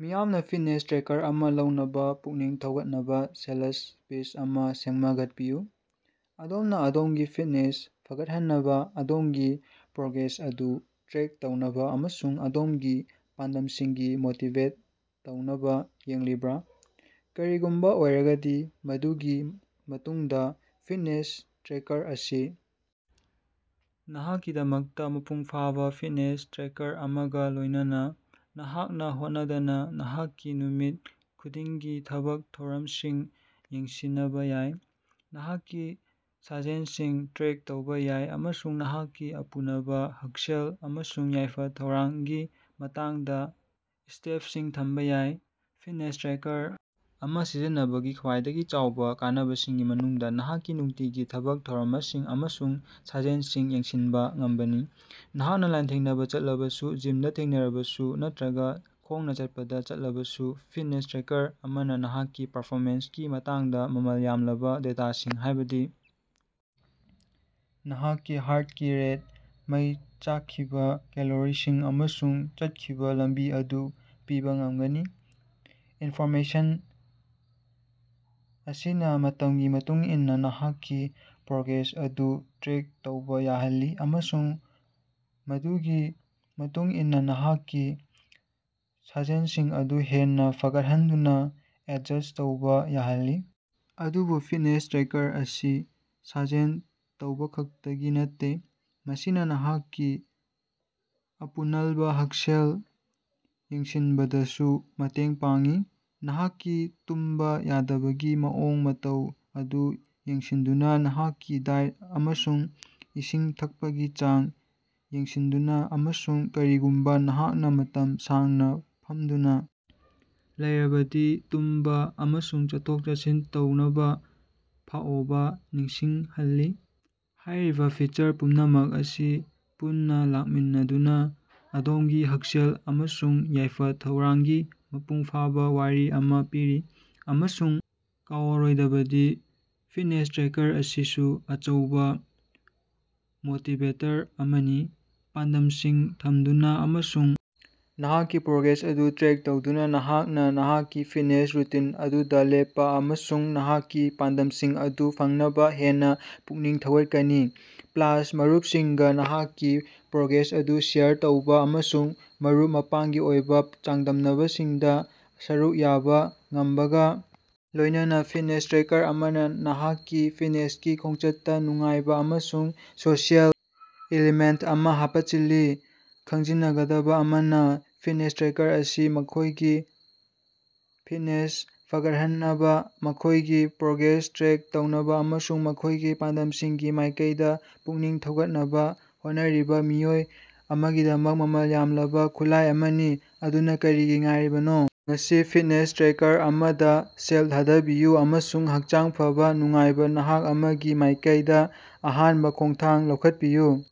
‎ꯃꯤꯌꯥꯝꯅꯥ fitness tracker ꯑꯃꯥ ꯂꯧꯅꯕꯥ ꯄꯨꯛꯅꯤꯡ ꯊꯧꯒꯠꯅꯕꯥ ꯁꯦꯂꯁ ꯄꯤꯆ ꯑꯃꯥ ꯁꯦꯝꯒꯠꯄꯤꯌꯨ꯫ ꯑꯗꯣꯝꯅꯥ ꯑꯗꯣꯝꯒꯤ ꯐꯤꯠꯅꯦꯁ ꯐꯒꯠꯍꯟꯅꯕꯥ, ꯑꯗꯣꯝꯒꯤ ꯄ꯭ꯔꯣꯒ꯭ꯔꯦꯁ ꯑꯗꯨ ꯇ꯭ꯔꯦꯛ ꯇꯧꯅꯕꯥ ꯑꯃꯁꯨꯡ ꯑꯗꯣꯝꯒꯤ ꯄꯥꯟꯗꯝꯁꯤꯡꯒꯤ ꯃꯣꯇꯤꯕꯦꯠ ꯇꯧꯅꯕꯥ ꯌꯦꯡꯂꯤꯕ꯭ꯔꯥ? ꯀꯔꯤꯒꯨꯝꯕꯥ ꯑꯣꯏꯔꯒꯗꯤ ꯃꯗꯨꯒꯤ ꯃꯇꯨꯡꯗꯥ ꯐꯤꯠꯅꯦꯁ ꯇ꯭ꯔꯦꯀꯔ ꯑꯁꯤ ꯅꯍꯥꯛꯀꯤꯗꯃꯛꯇꯥ ꯃꯄꯨꯡ ꯐꯥꯕꯥ ꯐꯤꯠꯅꯦꯁ ꯇ꯭ꯔꯦꯀꯔ ꯑꯃꯒꯥ ꯂꯣꯏꯅꯅꯥ ꯅꯍꯥꯛꯅꯥ ꯍꯣꯠꯅꯗꯅꯥ ꯅꯍꯥꯛꯀꯤ ꯅꯨꯃꯤꯠ ꯈꯨꯗꯤꯡꯒꯤ ꯊꯕꯛ ꯊꯧꯔꯝꯁꯤꯡ ꯌꯦꯡꯁꯤꯅꯕꯥ ꯌꯥꯏ꯫ ꯅꯍꯥꯛꯀꯤ ꯁꯥꯖꯦꯟꯁꯤꯡ ꯇ꯭ꯔꯦꯛ ꯇꯧꯕꯥ ꯌꯥꯏ ꯑꯃꯁꯨꯡ ꯅꯍꯥꯛꯀꯤ ꯑꯄꯨꯅꯕꯥ ꯍꯛꯁꯦꯜ ꯑꯃꯁꯨꯡ ꯌꯥꯏꯐ-ꯊꯧꯔꯥꯡꯒꯤ ꯃꯇꯥꯡꯗꯥ ꯁꯇꯦꯕꯁꯤꯡ ꯊꯝꯕꯥ ꯌꯥꯏ꯫ ꯐꯤꯠꯅꯦꯁ ꯇ꯭ꯔꯦꯀꯔ ꯑꯃꯥ ꯁꯤꯖꯤꯟꯅꯕꯒꯤ ꯈ꯭ꯋꯥꯏꯗꯒꯤ ꯆꯥꯎꯕꯥ ꯀꯥꯟꯅꯕꯁꯤꯡꯒꯤ ꯃꯅꯨꯡꯗꯥ ꯅꯍꯥꯛꯀꯤ ꯅꯨꯡꯇꯤꯒꯤ ꯊꯕꯛ ꯊꯧꯔꯝꯁꯤꯡ ꯑꯃꯁꯨꯡ ꯁꯥꯖꯦꯟꯁꯤꯡ ꯌꯦꯡꯁꯤꯟꯕꯥ ꯉꯝꯕꯅꯤ꯫ ꯅꯍꯥꯛꯅꯥ ꯂꯥꯟꯊꯦꯡꯅꯕ ꯆꯠꯂꯕꯁꯨ, ꯖꯤꯝꯗꯥ ꯊꯦꯡꯅꯔꯕꯁꯨ ꯅꯠꯇ꯭ꯔꯒꯥ ꯈꯣꯡꯅꯥ ꯆꯠꯄꯗꯥ ꯆꯠꯂꯕꯁꯨ, ꯐꯤꯠꯅꯦꯁ ꯇ꯭ꯔꯦꯀꯔ ꯑꯃꯅꯥ ꯅꯍꯥꯛꯀꯤ ꯄꯔꯐꯣꯃꯦꯟꯁꯀꯤ ꯃꯇꯥꯡꯗꯥ ꯃꯃꯜ ꯌꯥꯝꯂꯕꯥ ꯗꯦꯇꯥꯁꯤꯡ, ꯍꯥꯏꯕꯗꯤ ꯅꯍꯥꯛꯀꯤ ꯍꯥꯔꯇꯀꯤ ꯔꯦꯠ, ꯃꯩ ꯆꯥꯛꯈꯤꯕꯥ ꯀꯦꯂꯣꯔꯤꯁꯤꯡ, ꯑꯃꯁꯨꯡ ꯆꯠꯈꯤꯕꯥ ꯂꯝꯕꯤ ꯑꯗꯨ ꯄꯤꯕꯥ ꯉꯝꯒꯅꯤ꯫ ꯏꯟꯐꯣꯔꯃꯦꯁꯟ ꯑꯁꯤꯅꯥ ꯃꯇꯝꯒꯤ ꯃꯇꯨꯡꯏꯟꯅꯥ ꯅꯍꯥꯛꯀꯤ ꯄ꯭ꯔꯣꯒ꯭ꯔꯦꯁ ꯑꯗꯨ ꯇ꯭ꯔꯦꯛ ꯇꯧꯕꯥ ꯌꯥꯍꯜꯂꯤ ꯑꯃꯁꯨꯡ ꯃꯗꯨꯒꯤ ꯃꯇꯨꯡꯏꯟꯅꯥ ꯅꯍꯥꯛꯀꯤ ꯁꯥꯖꯦꯟꯁꯤꯡ ꯑꯗꯨ ꯍꯦꯟꯅꯥ ꯐꯒꯠꯍꯟꯗꯨꯅꯥ ꯑꯦꯗꯖꯁ꯭ꯠ ꯇꯧꯕꯥ ꯌꯥꯍꯜꯂꯤ꯫ ꯑꯗꯨꯕꯨ ꯐꯤꯠꯅꯦꯁ ꯇ꯭ꯔꯦꯀꯔ ꯑꯁꯤ ꯁꯥꯖꯦꯟ ꯇꯧꯕꯈꯛꯇꯒꯤ ꯅꯠꯇꯦ꯫ ꯃꯁꯤꯅꯥ ꯅꯍꯥꯛꯀꯤ ꯑꯄꯨꯅꯜꯟꯕꯥ ꯍꯛꯁꯦꯜ ꯌꯦꯡꯁꯤꯟꯕꯗꯁꯨ ꯃꯇꯦꯡ ꯄꯥꯡꯏ, ꯅꯍꯥꯛꯀꯤ ꯇꯨꯝꯕꯥ ꯌꯥꯗꯕꯒꯤ ꯃꯑꯣꯡ-ꯃꯇꯧ ꯑꯗꯨ ꯌꯦꯡꯁꯤꯟꯗꯨꯅꯥ, ꯅꯍꯥꯛꯀꯤ ꯗꯥꯏꯠ ꯑꯃꯁꯨꯡ ꯏꯁꯤꯡ ꯊꯛꯄꯒꯤ ꯆꯥꯡ ꯌꯦꯡꯁꯤꯟꯗꯨꯅꯥ, ꯑꯃꯁꯨꯡ ꯀꯔꯤꯒꯨꯝꯕꯥ ꯅꯍꯥꯛꯅꯥ ꯃꯇꯝ ꯁꯥꯡꯅꯥ ꯐꯝꯗꯨꯅꯥ ꯂꯩꯔꯕꯗꯤ ꯇꯨꯝꯕꯥ ꯑꯃꯁꯨꯡ ꯆꯠꯊꯣꯛ-ꯆꯠꯁꯤꯟ ꯇꯧꯅꯕꯥ ꯐꯥꯑꯣꯕꯥ ꯅꯤꯡꯁꯤꯡꯍꯜꯂꯤ꯫ ꯍꯥꯏꯔꯤꯕꯥ ꯐꯤꯆꯔ ꯄꯨꯝꯅꯃꯛ ꯑꯁꯤ ꯄꯨꯟꯅꯥ ꯂꯥꯛꯃꯤꯟꯅꯗꯨꯅꯥ ꯑꯗꯣꯝꯒꯤ ꯍꯛꯁꯦꯜ ꯑꯃꯁꯨꯡ ꯌꯥꯏꯐ-ꯊꯧꯔꯥꯡꯒꯤ ꯃꯄꯨꯡ ꯐꯥꯕꯥ ꯋꯥꯔꯤ ꯑꯃꯥ ꯄꯤꯔꯤ꯫ ꯑꯃꯁꯨꯡ ꯀꯥꯎꯔꯣꯏꯗꯕꯗꯤ ꯐꯤꯠꯅꯦꯁ ꯇ꯭ꯔꯦꯀꯔ ꯑꯁꯤꯁꯨ ꯑꯆꯧꯕꯥ ꯃꯣꯇꯤꯕꯦꯇꯔ ꯑꯃꯅꯤ꯫ ꯄꯥꯟꯗꯝꯁꯤꯡ ꯊꯝꯗꯨꯅꯥ ꯑꯃꯁꯨꯡ ꯅꯍꯥꯛꯀꯤ ꯄ꯭ꯔꯣꯒ꯭ꯔꯦꯁ ꯑꯗꯨ ꯇ꯭ꯔꯦꯛ ꯇꯧꯗꯨꯅꯥ, ꯅꯍꯥꯛꯅꯥ ꯅꯍꯥꯛꯀꯤ ꯐꯤꯠꯅꯦꯁ ꯔꯨꯇꯤꯟ ꯑꯗꯨꯗꯥ ꯂꯦꯞꯄꯥ ꯑꯃꯁꯨꯡ ꯅꯍꯥꯛꯀꯤ ꯄꯥꯟꯗꯝꯁꯤꯡ ꯑꯗꯨ ꯐꯪꯅꯕꯥ ꯍꯦꯟꯅꯥ ꯄꯨꯛꯅꯤꯡ ꯊꯧꯒꯠꯀꯅꯤ꯫ ꯄ꯭ꯂꯥꯁ, ꯃꯔꯨꯞꯁꯤꯡꯒꯥ ꯅꯍꯥꯛꯀꯤ ꯄ꯭ꯔꯣꯒ꯭ꯔꯦꯁ ꯑꯗꯨ ꯁꯦꯌꯔ ꯇꯧꯕꯥ ꯑꯃꯁꯨꯡ ꯃꯔꯨꯞ-ꯃꯄꯥꯡꯒꯤ ꯑꯣꯏꯕꯥ ꯆꯥꯡꯗꯝꯅꯕꯁꯤꯡꯗꯥ ꯁꯔꯨꯛ ꯌꯥꯕꯥ ꯉꯝꯕꯒꯥ ꯂꯣꯏꯅꯅꯥ, ꯐꯤꯠꯅꯦꯁ ꯇ꯭ꯔꯦꯀꯔ ꯑꯃꯅꯥ ꯅꯍꯥꯛꯀꯤ ꯐꯤꯠꯅꯦꯁꯀꯤ ꯈꯣꯡꯆꯠꯇꯥ ꯅꯨꯡꯉꯥꯏꯕꯥ ꯑꯃꯁꯨꯡ ꯁꯣꯁꯤꯑꯦꯜ ꯏꯂꯤꯃꯦꯟꯇ ꯑꯃꯥ ꯍꯥꯞꯆꯤꯜꯂꯤ꯫ ꯈꯪꯖꯤꯟꯒꯗꯕꯥ ꯑꯃꯅꯥ, ꯐꯤꯠꯅꯦꯁ ꯇ꯭ꯔꯦꯀꯔ ꯑꯁꯤ ꯃꯈꯣꯏꯒꯤ ꯐꯤꯠꯅꯦꯁ ꯐꯒꯠꯍꯟꯅꯕꯥ, ꯃꯈꯣꯏꯒꯤ ꯄ꯭ꯔꯣꯒ꯭ꯔꯦꯁ ꯇ꯭ꯔꯦꯛ ꯇꯧꯅꯕꯥ ꯑꯃꯁꯨꯡ ꯃꯈꯣꯏꯒꯤ ꯄꯥꯟꯗꯝꯁꯤꯡꯒꯤ ꯃꯥꯏꯀꯩꯗꯥ ꯄꯨꯛꯅꯤꯡ ꯊꯧꯒꯠꯅꯕꯥ ꯍꯣꯠꯅꯔꯤꯕꯥ ꯃꯤꯑꯣꯏ ꯑꯃꯒꯤꯗꯃꯛ ꯃꯃꯜ ꯌꯥꯝꯂꯕꯥ ꯈꯨꯠꯂꯥꯏ ꯑꯃꯅꯤ꯫ ꯑꯗꯨꯅꯥ ꯀꯔꯤꯒꯤ ꯉꯥꯏꯔꯤꯕꯅꯣ? ꯉꯁꯤ ꯐꯤꯠꯅꯦꯁ ꯇ꯭ꯔꯦꯀꯔ ꯑꯃꯗꯥ ꯁꯦꯜ ꯊꯥꯗꯕꯤꯌꯨ ꯑꯃꯁꯨꯡ ꯍꯛꯆꯥꯡ ꯐꯕ, ꯅꯨꯡꯉꯥꯏꯕꯥ ꯅꯍꯥꯛ ꯑꯃꯒꯤ ꯃꯥꯏꯀꯩꯗꯥ ꯑꯍꯥꯟꯕꯥ ꯈꯣꯡꯊꯥꯡ ꯂꯧꯈꯠꯄꯤꯌꯨ꯫ ‎